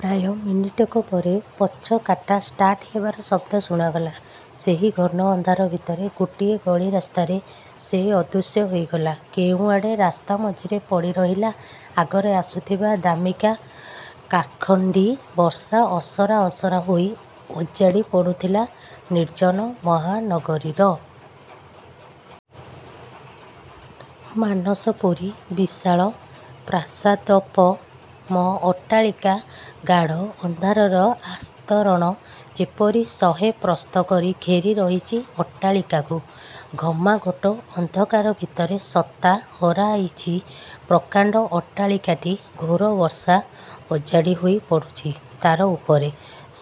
ପ୍ରାୟ ମିନିଟକ ପରେ ପଛ କାର୍ଟା ଷ୍ଟାର୍ଟ ହେବାର ଶବ୍ଦ ଶୁଣାଗଲା। ସେଇ ଘନ ଅନ୍ଧାର ଭିତରେ ଗୋଟିଏ ଗଳି ରାସ୍ତାରେ ସେ ଅଦୃଶ୍ୟ ହୋଇଗଲା କେଉଁଆଡ଼େ। ରାସ୍ତାମଝିରେ ପଡ଼ିରହିଲା ଆଗରେ ଆସୁଥିବା ଦାମୀକା କାର୍ଖଣ୍ଡି। ବର୍ଷା ଅସରା ଅସରା ହୋଇ ଅଜାଡ଼ି ପଡ଼ୁଥିଲା, ନିର୍ଜନ ମହାନଗରୀର ସୁପ୍ତ ଦେହ ଉପରେ। ମାନସପୁରୀ ବିଶାଳ ପ୍ରାସାଦୋପମ ଅଟ୍ଟାଳିକା। ଗାଢ଼ ଅନ୍ଧାରର ଆସ୍ତରଣ ଯେପରି ଶହେ ପ୍ରସ୍ତ କରି ଘେରି ରହିଛି ଅଟ୍ଟାଳିକାକୁ। ଘମାଘୋଟ ଅନ୍ଧକାର ଭିତରେ ସତ୍ତା ହରାଇଛି ପ୍ରକାଣ୍ଡ ଅଟ୍ଟାଳିକାଟି। ଘୋର ବର୍ଷା ଅଜାଡ଼ି ହୋଇ ପଡ଼ୁଛି ତା'ର ଉପରେ।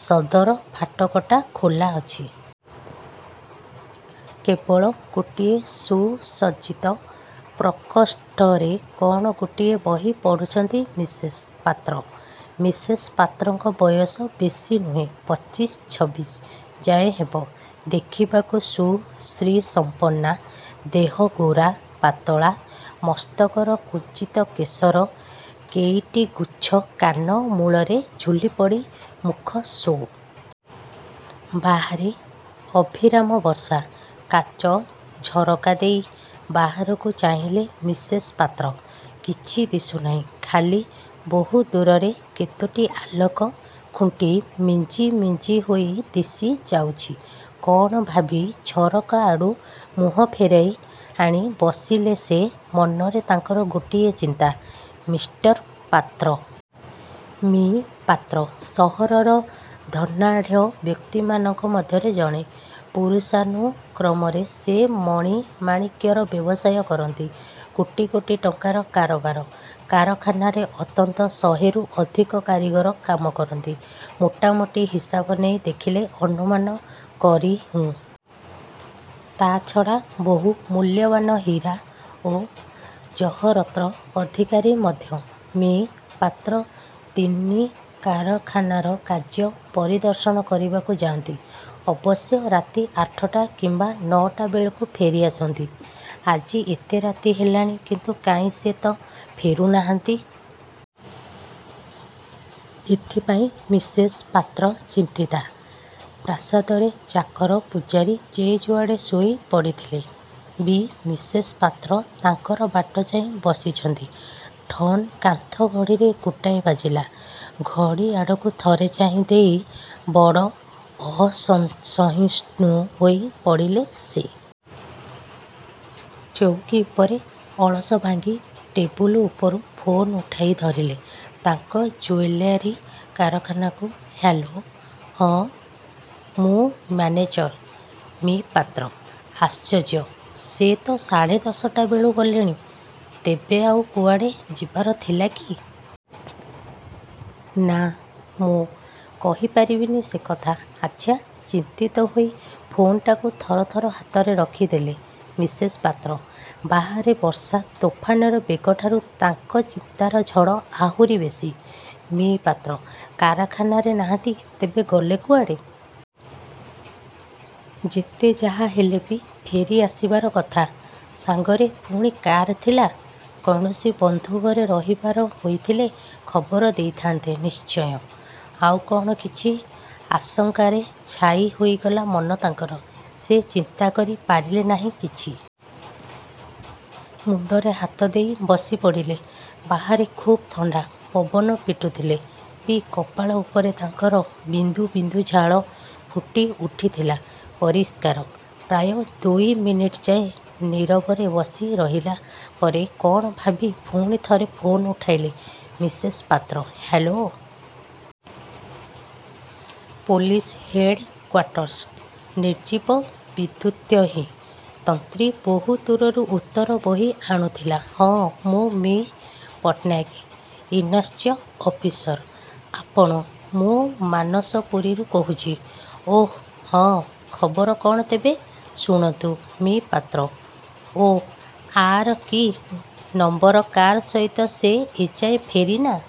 ସଦର ଫାଟକଟା ଖୋଲା ଅଛି-। ଅଟ୍ଟାଳିକାର ସମସ୍ତ କୋଠରୀ ଅନ୍ଧାର। କେବଳ ଗୋଟିଏ ସୁସଜ୍ଜିତ ପ୍ରକୋଷ୍ଠରେ କ'ଣ ଗୋଟିଏ ବହି ପଢ଼ୁଛନ୍ତି ମିସେସ୍ ପାତ୍ର। ମିସେସ୍ ପାତ୍ରଙ୍କ ବୟସ ବେଶୀ ନୁହେଁ। ପଚିଶି, ଛବିଶି ଯାଏ ହେବ। ଦେଖିବାକୁ ସୁ-ଶ୍ରୀସମ୍ପନ୍ନା। ଦେହ, ଗୋରା, ପାତଳା। ମସ୍ତକର କୁଞ୍ଚିତ କେଶର କେଇଟି ଗୁଚ୍ଛ କାନ ମୂଳରେ ଝୁଲିପଡ଼ି ମୁଖ ଶୋଭାକୁ ଦୁଇଗୁଣ ବଢ଼ାଇ ଦେଉଛି। ବାହାରେ ଅବିରାମ ବର୍ଷା। କାଚ ଝରକା ଦେଇ ବାହାରକୁ ଚାହିଁଲେ ମିସେସ୍ ପାତ୍ର। କିଛି ଦିଶୁନାହିଁ; ଖାଲି ବହୁଦୂରରେ କେତୋଟି ଆଲୋକ ଖୁଣ୍ଟି ମିଞ୍ଜି ମିଞ୍ଜି ହୋଇ ଦିଶି ଯାଉଛି। କ'ଣ ଭାବି ଝରକା ଆଡ଼ୁ ମୁହଁ ଫେରାଇ ଆଣି ବସିଲେ ସେ। ମନରେ ତାଙ୍କର ଗୋଟିଏ ଚିନ୍ତା-''ମିଷ୍ଟର ପାତ୍ର ଏତେବେଳ ଯାଏ ଗଲେ କୁଆଡ଼େ? '' ମି: ପାତ୍ର ସହରର ଧନାଢ଼୍ୟ ବ୍ୟକ୍ତିମାନଙ୍କ ମଧ୍ୟରେ ଜଣେ। ପୁରୁଷାନୁକ୍ରମରେ ସେ ମଣିମାଣିକ୍ୟର ବ୍ୟବସାୟ କରନ୍ତି। କୋଟି କୋଟି ଟଙ୍କାର କାରବାର। କାରଖାନାରେ ଅନ୍ତତଃ ଶହେରୁ ଅଧିକ କାରୀଗର କାମ କରନ୍ତି। ମୋଟା ମୋଟି ହିସାବ ନେଇ ଦେଖିଲେ ଅନୁମାନ କରିହୁଏ, ମି: ପାତ୍ର କୋଟିପତି। ତା'ଛଡ଼ା ବହୁ ମୂଲ୍ୟବାନ ହୀରା ଓ ଜହରତ୍ର ଅଧିକାରୀ ମଧ୍ୟ। ମି: ପାତ୍ର ନିତି କାରଖାନାର କାର୍ଯ୍ୟ ପରିଦର୍ଶନ କରିବାକୁ ଯାଆନ୍ତି। ଅବଶ୍ୟ ରାତି ଆଠଟା କିମ୍ବା ନଅଟା ବେଳକୁ ଫେରି ଆସନ୍ତି। ଆଜି ଏତେ ରାତି ହେଲାଣି, କିନ୍ତୁ କାହିଁ ସେ ତ ଫେରୁ ନାହାନ୍ତି? ଏଥିପାଇଁ ମିସେସ୍ ପାତ୍ର ଚିନ୍ତିତା। ପ୍ରାସାଦରେ ଚାକର ପୁଝାରୀ ଯେ ଯୁଆଡ଼େ ଶୋଇ ପଡ଼ିଥିଲେ ବି ମିସେସ୍ ପାତ୍ର ତାଙ୍କର ବାଟ ଚାହିଁ ବସିଛନ୍ତି। ''ଠନ୍ କାନ୍ଥ ଘଡ଼ିରେ ଗୋଟାଏ ବାଜିଲା। ଘଡ଼ି ଆଡ଼କୁ ଥରେ ଚାହିଁ ଦେଇ ବଡ଼ ଅସହିଷ୍ଣୁ ହୋଇ ପଡ଼ିଲେ ସେ। ଚୌକୀ ଉପରେ ଅଳସ ଭାଙ୍ଗି ଟେବୁଲ ଉପରୁ ଫୋନ୍ ଉଠାଇ ଧରିଲେ, ତାଙ୍କ ଜୁଏଲାରୀ କାରଖାନାକୁ-''ହ୍ୟାଲୋ! '''' ହଁ, ମୁଁ ମ୍ୟାନେଜର। '''' ମି: ପାତ୍ର! '' ''ଆଶ୍ଚର୍ଯ୍ୟ! ସେ ତ ସାଢ଼େ ଦଶଟା ବେଳୁ ଗଲେଣି। '' ''ତେବେ? ଆଉ କୁଆଡ଼େ ଯିବାର ଥିଲା କି? '' 'ନା, ମୁଁ। କହି ପାରିବିନି ସେକଥା। '' ''ଆଚ୍ଛା! '' ଚିନ୍ତିତ ହୋଇ ଫୋନ୍ଟାକୁ ଥର ଥର ହାତରେ ରଖି ଦେଲେ ମିସେସ୍ ପାତ୍ର। ବାହାରେ ବର୍ଷା ତୋଫାନର ବେଗଠାରୁ ତାଙ୍କ ଚିନ୍ତାର ଝଡ଼ ଆହୁରି ବେଶୀ। ''ମି: ପାତ୍ର କାରଖାନାରେ ନାହାନ୍ତି? ତେବେ ଗଲେ କୁଆଡ଼େ? ଯେତେ ଯାହା ହେଲେ ବି ଫେରି ଆସିବାର କଥା। ସାଙ୍ଗରେ ପୁଣି କାର୍ ଥିଲା! କୌଣସି ବନ୍ଧୁ ଘରେ ରହିବାର ହୋଇଥିଲେ ଖବର ଦେଇଥାନ୍ତେ ନିଶ୍ଚୟ। ଆଉ କ'ଣ କିଛି? ' ଆଶଙ୍କାରେ ଛାଇ ହୋଇଗଲା ମନ ତାଙ୍କର। ସେ ଚିନ୍ତା କରି ପାରିଲେ ନାହିଁ କିଛି। ମୁଣ୍ଡରେ ହାତ ଦେଇ ବସି ପଡ଼ିଲେ। ବାହାରେ ଖୁବ୍ ଥଣ୍ଡା ପବନ ପିଟୁଥିଲେ ବି କପାଳ ଉପରେ ତାଙ୍କର ବିନ୍ଦୁ ବିନ୍ଦୁ ଝାଳ ଫୁଟି ଉଠିଥିଲା ପରିଷ୍କାର। ପ୍ରାୟ ଦୁଇମିନିଟ୍ ଯାଏ ନୀରବରେ ବସି ରହିଲା ପରେ କ'ଣ ଭାବି ପୁଣି ଥରେ ଫୋନ ଉଠାଇଲେ Mrs Patra '' hello. Police headquarters '' ନିର୍ଜୀବ ବିଦ୍ୟୁତ୍ବାହୀ ତନ୍ତ୍ରୀ ବହୁଦୂରରୁ ଉତ୍ତର ବହି ଆଣୁଥିଲା। ''ହଁ, ମୁଁ, ମି: ପଟ୍ଟନାୟକ; ଇନ୍ଚାର୍ଯ ଅଫିସର। ଆପଣ? '' ''ମୁଁ ମାନସପୁରୀରୁ କହୁଛି '' ''ଓଃ, ହଁ, ଖବର କ'ଣ ତେବେ? '' ''ଶୁଣନ୍ତୁ ମି: Patra O: R: K: number car ସହିତ ସେ ଏଯାଏ ଫେରିନାହାନ୍ତି, ଯଦିଓ କାରଖାନାରୁ ରାତି ନଅଟାରୁ ଫେରିଲେଣି।